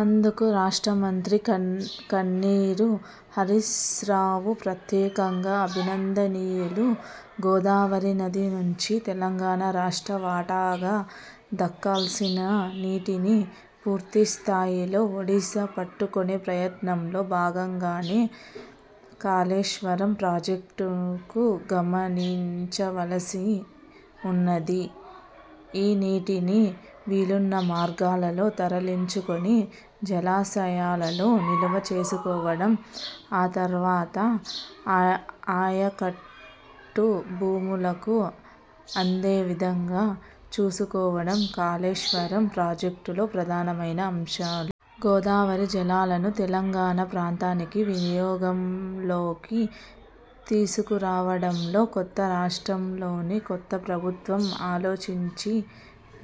అందుకు రాష్ట్ర మంత్రి తన్నీరు హరీశ్రావు ప్రత్యేకంగా అభినందనీయులు. గోదావరి నది నుంచి తెలంగాణ రాష్ట్ర వాటాగా దక్కాల్సిన నీటిని పూర్తిస్థాయిలో ఒడిసి పట్టుకునే ప్రయత్నంలో భాగంగానే కాళేశ్వరం ప్రాజెక్టును గమనించవలసి ఉన్నది. ఈ నీటిని వీలున్న మార్గాలలో తరలించుకుని జలాశయాలలో నిలువ చేసుకోవడం, ఆ తర్వాత ఆయకట్టు భూములకు అందే విధంగా చూసుకోవడం కాళేశ్వరం ప్రాజెక్టులో ప్రధానమైన అంశాలు. గోదావరి జలాలను తెలంగాణ ప్రాంతానికి వినియోగంలోకి తీసుకురావడంలో కొత్త రాష్ట్రంలోని కొత్త ప్రభుత్వం ఆలోచించిన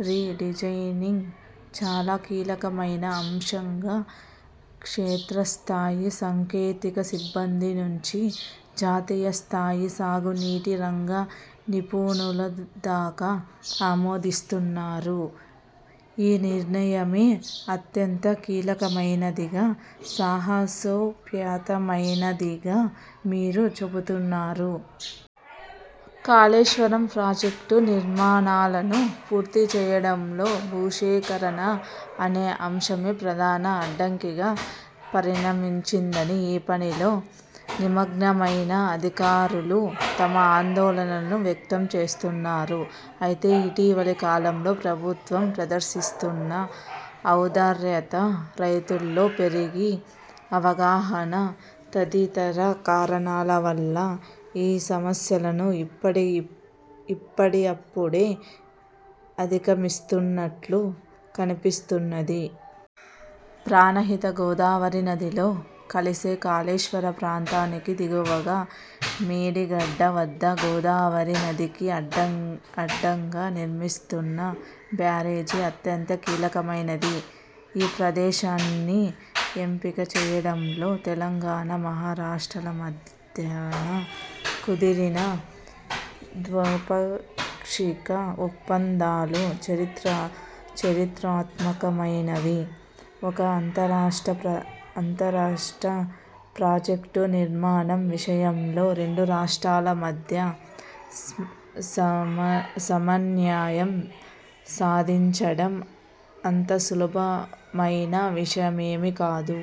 'రీ-డిజైనింగ్' చాలా కీలకమైన అంశంగా క్షేత్రస్థాయి సాంకేతిక సిబ్బంది నుంచి జాతీయ స్థాయి సాగునీటి రంగ నిపుణుల దాకా ఆమోదిస్తున్నారు. ఈ నిర్ణయమే అత్యంత కీలకమైనదిగా, సాహసోపేతమైనదిగా వీరు చెబతున్నారు. కాళేశ్వరం ప్రాజెక్టు నిర్మాణాలను పూర్తిచేయడంలో భూసేకరణ అనే అంశమే ప్రధాన అడ్డంకిగా పరిణమించిందని ఈ పనిలో నిమగ్నమైన అధికారులు తమ ఆందోళనలను వ్యక్తం చేస్తున్నారు. అయితే ఇటీవలి కాలంలో ప్రభుత్వం ప్రదర్శిస్తున్న ఔదార్యత, రైతుల్లో పెరిగిన అవగాహన తదితర కారణాల వల్ల ఈ సమస్యలను ఇప్పుడిప్పుడే అధిగమిస్తున్నట్లు కనిపిస్తున్నది. ప్రాణహిత గోదావరి నదిలో కలిసే కాళేశ్వర ప్రాంతానికి దిగువన మేడిగడ్డ వద్ద గోదావరి నదికి అడ్డంగా నిర్మిస్తున్న బ్యారేజీ అత్యంత కీలకమైనది. ఈ ప్రదేశాన్ని ఎంపిక చేయడంలో తెలంగాణ, మహారాష్ట్రల మధ్యన కుదిరిన ద్వైపాక్షిక ఒప్పందాలు చరిత్రాత్మకమైనవి. ఒక అంతర్రాష్ట్ర ప్రాజెక్టు నిర్మాణం విషయంలో రెండు రాష్ట్రాల మధ్యన సమన్వయం సాధించడం అంత సులువైన విషయమేమీ కాదు.